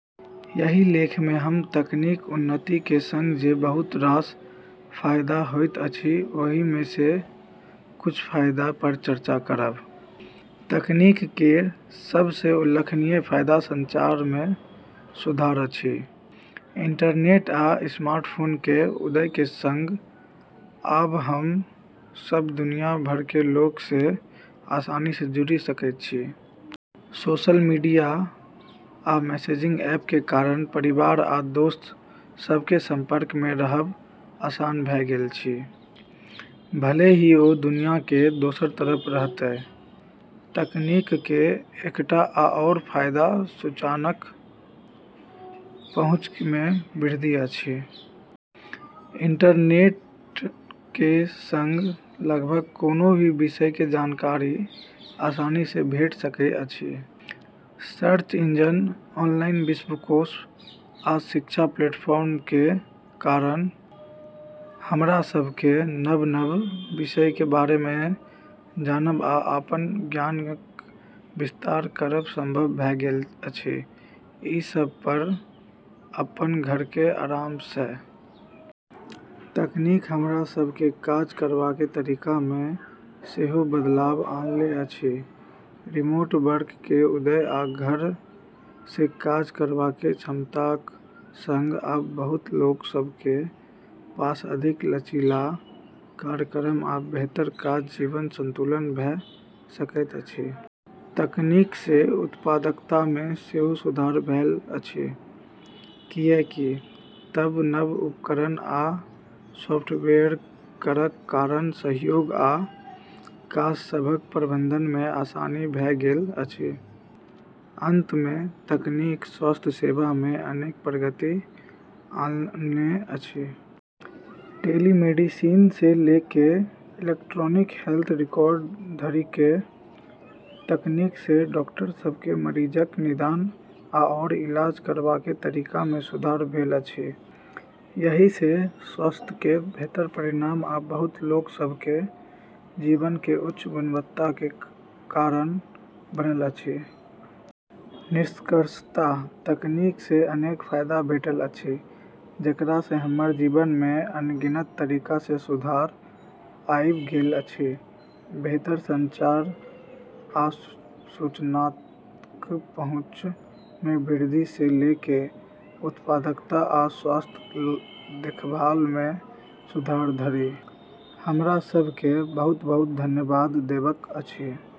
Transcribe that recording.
एहि लेख मे हम तकनीकक उन्नतिक सँग जे बहुत रास फायदा होइत अछि ओहि मे सँ किछ फायदा पर चर्चा करब। तकनीक केर सब सँ उल्लेखनीय फायदा संचार मे सुधार अछि। इंटरनेट आ स्मार्टफोनक उदयक सँग आब हम सभ दुनिया भरिक लोक सँ आसानी सँ जुड़ि सकैत छी। सोशल मीडिया आ मैसेजिंग ऐपक कारण परिवार आ दोस्त सभक संपर्क मे रहब आसान भऽ गेल अछि, भले ही ओ दुनिया केर दोसर तरफ रहथि। तकनीकक एकटा आओर फायदा सूचनाक पहुँच मे वृद्धि अछि। इंटरनेटक सँग लगभग कोनो भी विषयक जानकारी आसानी सँ भेट सकैत अछि। सर्च इंजन, ऑनलाइन विश्वकोश, आ शिक्षा प्लेटफॉर्मक कारण हमरा सभ केँ नव-नव विषयक बारे मे जानब आ अपन ज्ञानक विस्तार करब संभव भऽ गेल अछि, ई सभ अपन घरक आराम सँ। तकनीक हमरा सभक काज करबाक तरीका मे सेहो बदलाव आनने अछि। रिमोट वर्क केर उदय आ घर सँ काज करबाक क्षमताक सँग आब बहुत लोक सभक पास अधिक लचीला कार्यक्रम आ बेहतर काज-जीवन संतुलन भऽ सकैत अछि। तकनीक सँ उत्पादकता मे सेहो सुधार भेल अछि, किएक तँ नव उपकरण आ सॉफ्टवेयरक कारण सहयोग आ काज सभक प्रबंधन मे आसानी भऽ गेल अछि। अंत मे, तकनीक स्वास्थ्य सेवा मे अनेक प्रगति आनने अछि। टेलीमेडिसिन सँ लऽ कऽ इलेक्ट्रॉनिक हेल्थ रिकॉर्ड धरिक तकनीक सँ डॉक्टर सभक मरीजक निदान आओर इलाज करबाक तरीका मे सुधार भेल अछि। एहि सँ स्वास्थ्यक बेहतर परिणाम आ बहुत लोक सभक जीवनक उच्च गुणवत्ताक कारण बनल अछि। निष्कर्षतः तकनीक सँ अनेक फायदा भेटल अछि जेकरा सँ हमर जीवन मे अनगिनत तरीका सँ सुधार आइब गेल अछि। बेहतर संचार आ सूचनाक पहुँच मे वृद्धि सँ लऽ कऽ उत्पादकता आ स्वास्थ्य देखभाल मे सुधार धरि, हमरा सभ केँ बहुत-बहुत धन्यवाद देबअक अछि।